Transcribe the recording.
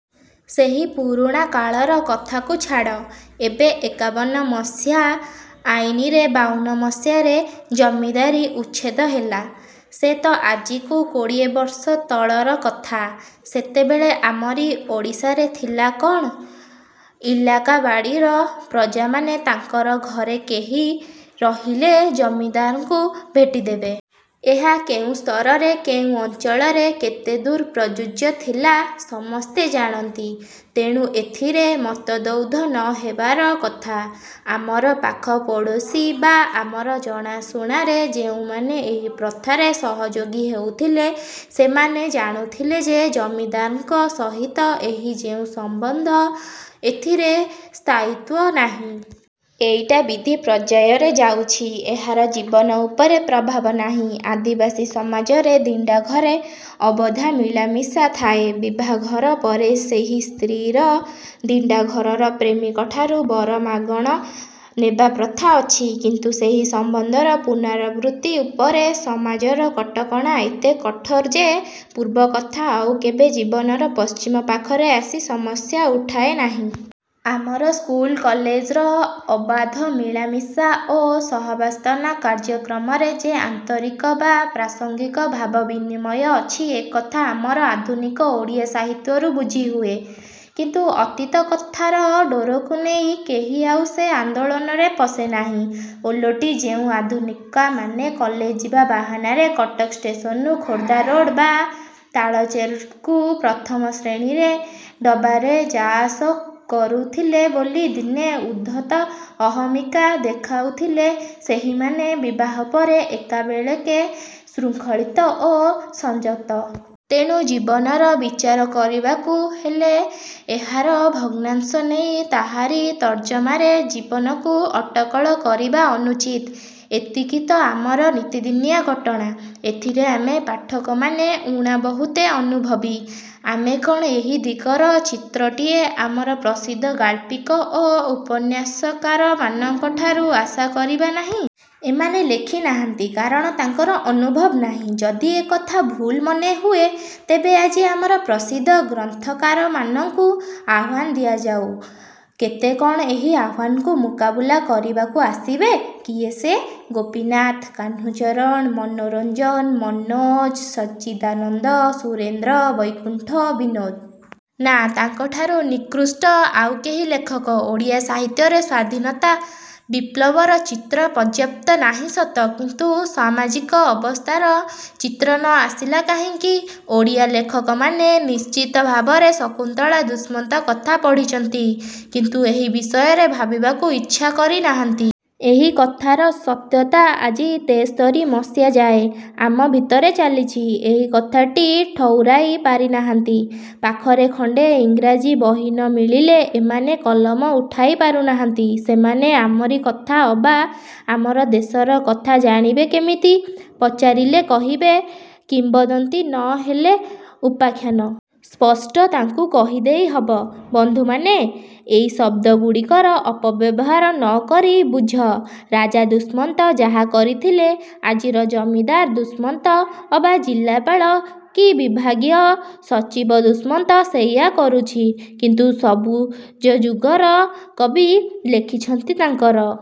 ସେହି ପୁରୁଣା କାଳର କଥାକୁ ଛାଡ଼। ଏବେ ଏକାବନ ମସିହା ଆଇନରେ ବାଉନ ମସିହାରେ ଜମିଦାରୀ ଉଚ୍ଛେଦ ହେଲା। ସେ ତ ଆଜିକୁ କୋଡ଼ିଏବର୍ଷ ତଳର କଥା। ସେତେବେଳେ ଆମରି ଓଡ଼ିଶାରେ ଥିଲା କ'ଣ? –ଇଲାକାବାଡ଼ିର ପ୍ରଜାମାନେ ତାଙ୍କର ଘରେ କେହି ରହିଲେ ଜମିଦାରଙ୍କୁ ଭେଟି ଦେବେ। ଏହା କେଉଁ ସ୍ତରରେ କେଉଁ ଅଞ୍ଚଳରେ କେତେ ଦୂର ପ୍ରଯୁଯ୍ୟ ଥିଲା–ସମସ୍ତେ ଜାଣନ୍ତି। ତେଣୁ ଏଥିରେ ମତଦ୍ୱୈଧ ନ ହେବାର କଥା। ଆମର ପାଖପଡ଼ୋଶୀ ବା ଆମର ଜଣାଶୁଣାରେ ଯେଉଁମାନେ ଏହି ପ୍ରଥାରେ ସହଯୋଗୀ ହେଉଥିଲେ ସେମାନେ ଜାଣୁଥିଲେ ଯେ ଜମିଦାରଙ୍କ ସହିତ ଏହି ଯେଉଁ ସମ୍ୱନ୍ଧ–ଏଥିରେ ସ୍ଥାୟୀତ୍ୱ ନାହିଁ। ଏଇଟା ବିଧି ପର୍ଯ୍ୟାୟରେ ଯାଉଛି। ଏହାର ଜୀବନ ଉପରେ ପ୍ରଭାବ ନାହିଁ। ଆଦିବାସୀ ସମାଜରେ ଦିଣ୍ତା ଘରେ ଅବାଧ ମିଳାମିଶା ଥାଏ। ବିଭାଘର ପରେ ସେହି ସ୍ତ୍ରୀ'ର ଦିଣ୍ତାଘରର ପ୍ରେମିକଠାରୁ ବର ମାଗଣ ନେବା ପ୍ରଥା ଅଛି। କିନ୍ତୁ ସେହି ସମ୍ୱନ୍ଧର ପୁନରାବୃତ୍ତି ଉପରେ ସମାଜର କଟକଣା ଏତେ କଠୋର ଯେ ପୂର୍ବକଥା ଆଉ କେବେ ଜୀବନର ପଶ୍ଚିମ ପାଖରେ ଆସି ସମସ୍ୟା ଉଠାଏ ନାହିଁ। ଆମର ସ୍କୁଲ କଲେଜର ଅବାଧ ମିଳାମିଶା ଓ ସହାବସ୍ଥାନ କାର୍ଯ୍ୟକ୍ରମରେ ଯେ ଆନ୍ତରିକ ବା ପ୍ରାସଙ୍ଗିକ ଭାବ ବିନିମୟ ଅଛି ଏକଥା ଆମର ଆଧୁନିକ ଓଡ଼ିଆ ସାହିତ୍ୟରୁ ବୁଝିହୁଏ-। କିନ୍ତୁ ଅତୀତ କଥାର ଡୋରକୁ ନେଇ କେହି ଆଉ ସେ ଆନ୍ଦୋଳନରେ ପଶେ ନାହିଁ-। ଓଲଟି ଯେଉଁ ଆଧୁନିକାମାନେ କଲେଜ ଯିବା ବାହାନାରେ କଟକ ଷ୍ଟେସନରୁ ଖୋର୍ଦ୍ଧାରୋଡ଼ ବା ତାଳଚେରକୁ ପ୍ରଥମ ଶ୍ରେଣୀରେ ଡବାରେ ଯାଆସ କରୁଥିଲେ ବୋଲି ଦିନେ ଉଦ୍ଧତ ଅହମିକା ଦେଖାଉଥିଲେ ସେହିମାନେ ବିବାହ ପରେ ଏକାବେଳେକେ ଶୃଙ୍ଖଳିତ ଓ ସଂଯତ। ତେଣୁ ଜୀବନର ବିଚାର କରିବାକୁ ହେଲେ ଏହାର ଭଗ୍ନାଂଶ ନେଇ ତାହାରି ତର୍ଜମାରେ ଜୀବନକୁ ଅଟକଳ କରିବା ଅନୁଚିତ୍। ଏତିକି ତ ଆମର ନିତିଦିନିଆ ଘଟଣା–ଏଥିରେ ଆମେ ପାଠକମାନେ ଊଣା ବହୁତେ ଅନୁଭବୀ। ଆମେ କ'ଣ ଏହି ଦିଗର ଚିତ୍ରଟିଏ ଆମର ପ୍ରସିଦ୍ଧ ଗାଳ୍ପିକ ଓ ଉପନ୍ୟାସକାରମାନଙ୍କଠାରୁ ଆଶା କରିବା ନାହିଁ? ଏମାନେ ଲେଖି ନାହାନ୍ତି। କାରଣ ତାଙ୍କର ଅନୁଭବ ନାହିଁ। ଯଦି ଏକଥା ଭୁଲ୍ ମନେହୁଏ ତେବେ ଆଜି ଆମର ପ୍ରସିଦ୍ଧ ଗ୍ରନ୍ଥକାରମାନଙ୍କୁ ଆହ୍ୱାନ ଦିଆଯାଉ–କେତେ ଜଣ ଏହି ଆହ୍ୱାନକୁ ମୁକାବିଲା କରିବାକୁ ଆସିବେ? କିଏ ସେ–ଗୋପୀନାଥ, କାହ୍ନୁଚରଣ, ମନୋରଞ୍ଜନ, ମନୋଜ, ସଚ୍ଚିଦାନନ୍ଦ, ସୁରେନ୍ଦ୍ର, ବୈକୁଣ୍ଠ, ବିନୋଦ? ନା, ତାଙ୍କଠାରୁ ନିକୃଷ୍ଟ ଆଉ କେହି ଲେଖକ? ଓଡ଼ିଆ ସାହିତ୍ୟରେ ସ୍ୱାଧୀନତା–ବିପ୍ଳବର ଚିତ୍ର ପର୍ଯ୍ୟାପ୍ତ ନାହିଁ ସତ। କିନ୍ତୁ ସାମାଜିକ ଅବସ୍ଥାର ଚିତ୍ର ନ ଆସିଲା କାହିଁକି? ଓଡ଼ିଆ ଲେଖକମାନେ ନିଶ୍ଚିତ ଭାବରେ ଶକୁନ୍ତଳା ଦୁଷ୍ମନ୍ତ କଥା ପଢ଼ିଛନ୍ତି। କିନ୍ତୁ ଏହି ବିଷୟରେ ଭାବିବାକୁ ଇଚ୍ଛା କରି ନାହାନ୍ତି। ଏହି କଥାର ସତ୍ୟତା ଆଜି ତେସ୍ତରୀ ମସିହାଯାଏ ଆମ ଭିତରେ ଚାଲିଛି–ଏହି କଥାଟି ଠଉରାଇ ପାରିନାହାନ୍ତି। ପାଖରେ ଖଣ୍ତେ ଇଂରାଜି ବହି ନ ମିଳିଲେ ଏମାନେ କଲମ ଉଠାଇ ପାରୁନାହାନ୍ତି। ସେମାନେ ଆମରି କଥା ଅବା ଆମର ଦେଶର କଥା ଜାଣିବେ କେମିତି? ପଚାରିଲେ କହିବେ କିମ୍ୱଦନ୍ତୀ ନ ହେଲେ ଉପାଖ୍ୟାନ। ସ୍ପଷ୍ଟ ତାଙ୍କୁ କହି ଦେଇ ହବ–ବନ୍ଧୁମାନେ, ଏଇ ଶଦ୍ଦଗୁଡ଼ିକର ଅପବ୍ୟବହାର ନ କରି ବୁଝ ରାଜା ଦୁଷ୍ମନ୍ତ ଯାହା କରିଥିଲେ ଆଜିର ଜମିଦାର ଦୁଷ୍ମନ୍ତ ଅବା ଜିଲାପାଳ କି ବିଭାଗୀୟ ସଚିବ ଦୁଷ୍ମନ୍ତ ସେଇଆ କରୁଛି। କିନ୍ତୁ ସବୁଜଯୁଗର କବି ଲେଖିଛନ୍ତି ତାଙ୍କର